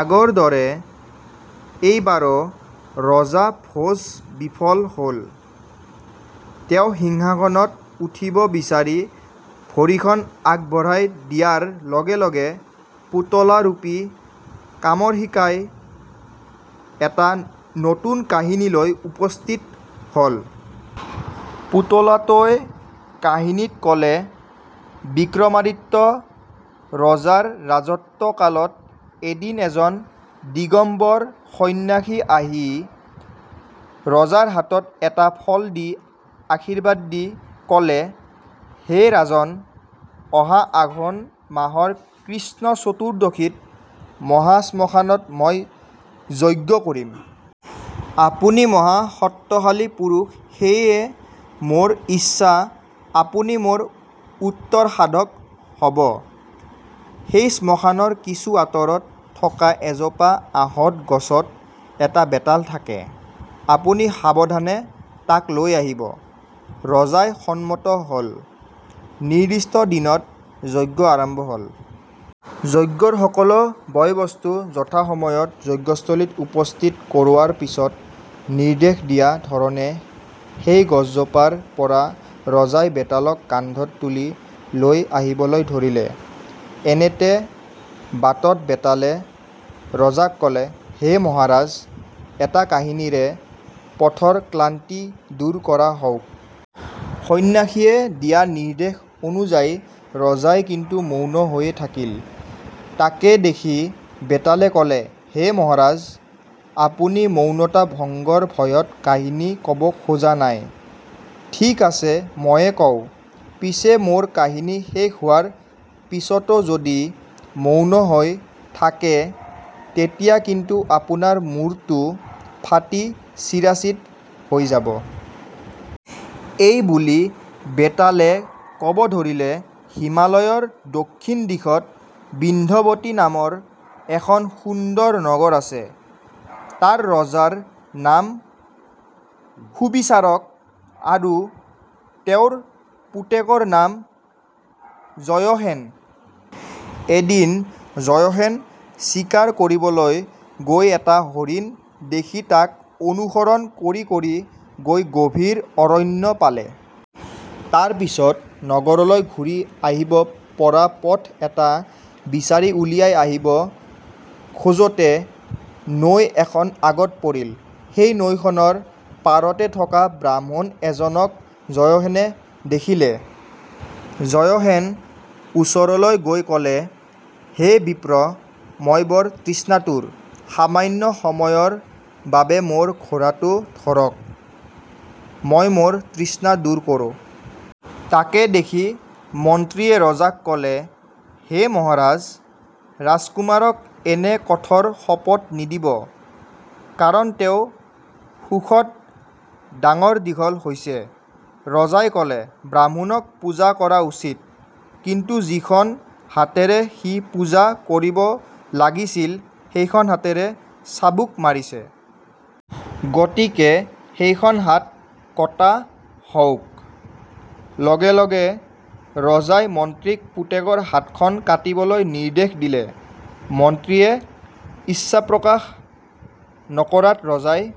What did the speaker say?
আগৰ দৰে এই বাৰাে ৰজা ভােজ বিফল হ'ল। তেওঁ সিংহাসনত উঠিব বিচাৰি ভৰিখন আগবঢ়াই দিয়াৰ লগে-লগে পুতলা ৰূপী কামৰসিকাই এটা নতুন কাহিনী লৈ উপস্থিত হ'ল। পুতলাটোই কাহিনীত ক'লে — বিক্রমাদিত্য ৰজাৰ ৰাজত্ব কালত এদিন এজন দিগম্বৰ সন্নাসী আহি ৰজাৰ হাতত এটা ফল দি আশীৰ্বাদ দি ক'লে, হে ৰাজন, অহা আঘােন মাহৰ কৃষ্ণ চতুৰ্দশীত মহা শ্মশানত মই যজ্ঞ কৰিম। আপুনি মহা সত্ত্বশালী পুৰুষ সেয়ে মােৰ ইচ্ছা আপুনি মােৰ উত্তৰ সাধক হ'ব। সেই শ্মশানৰ কিছু আঁতৰত থকা এজোপা আঁহত গছত এটা বেতাল থাকে। আপুনি সাৱধানে তাক লৈ আহিব। ৰজাই সন্মত হ'ল। নিৰ্দিষ্ট দিনত যজ্ঞ আৰম্ভ হ'ল। যজ্ঞৰ সকলাে বয়-বস্তু যথা সময়ত যজ্ঞস্থলীত উপস্থিত কৰােৱাৰ পিছত নিৰ্দেশ দিয়া ধৰণে সেই গছজোপাৰ পৰা ৰজাই বেতালক কান্ধত তুলি লৈ আহিবলৈ ধৰিলে। এনেতে বাটত বেতালে ৰজাক ক'লে, হে মহাৰাজ, এটা কাহিনীৰে পথৰ ক্লান্তি দূৰ কৰা হওঁক। সন্ন্যাসীয়ে দিয়া নিৰ্দেশ অনুযায়ী ৰজাই কিন্তু মৌন হৈয়ে থাকিল। তাকে দেখি বেতালে কলে, হে মহাৰাজ, আপুনি মৌনতা ভংগৰ ভয়ত কাহিনী ক'ব খােজা নাই। ঠিক আছে ময়ে কওঁ, পিছে মােৰ কাহিনী শেষ হােৱাৰ পিছতাে যদি মৌন হৈ থাকে তেতিয়া কিন্তু আপােনাৰ মূৰটো ফাটি চিৰাচিত হৈ যাব। এই বুলি বেতালে ক'ব ধৰিলে, হিমালয়ৰ দক্ষিণ দিশত বিন্ধ্যৱতী নামৰ এখন সুন্দৰ নগৰ আছে। তাৰ ৰজাৰ নাম সুবিচাৰক আৰু তেওঁৰ পুতেকৰ নাম যয়সেন। এদিন যয়সেন চিকাৰ কৰিবলৈ গৈ এটা হৰিণ দেখি তাক অনুসৰণ কৰি কৰি গৈ গভীৰ অৰণ্য পালে। তাৰ পিছত নগৰলৈ ঘুৰি আহিব পৰা পথ এটা বিচাৰি উলিয়াই আহিব খােজোতে নৈ এখন আগত পৰিল। সেই নৈখনৰ পাৰতে থকা ব্ৰাহ্মণ এজনক যয়সেনে দেখিলে। যয়সেন ওচৰলৈ গৈ ক'লে, হে বিপ্ৰ, মই বৰ তৃষ্ণাতুৰ, সামান্য সময়ৰ বাবে মােৰ ঘোঁৰাটো ধৰক মই মােৰ তৃষ্ণা দূৰ কৰোঁ। তাকে দেখি মন্ত্ৰীয়ে ৰজাক ক'লে, হে মহাৰাজ ৰাজকুমাৰক এনে কঠোৰ শপত নিদিব। কাৰণ তেওঁ সুখত ডাঙৰ-দীঘল হৈছে। ৰজাই ক'লে, ব্ৰাহ্মণক পূজা কৰা উচিত। কিন্তু যিখন হাতেৰে সি পূজা কৰিব লাগিছিল সেইখন হাতেৰে চাবুক মাৰিছে। গতিকে সেইখন হাত কটা হওঁক। লগে-লগে ৰজাই মন্ত্ৰীক পুতেকৰ হাতখন কাটিবলৈ নিৰ্দেশ দিলে। মন্ত্ৰীয়ে ইচ্ছাপ্ৰকাশ নকৰাত ৰজাই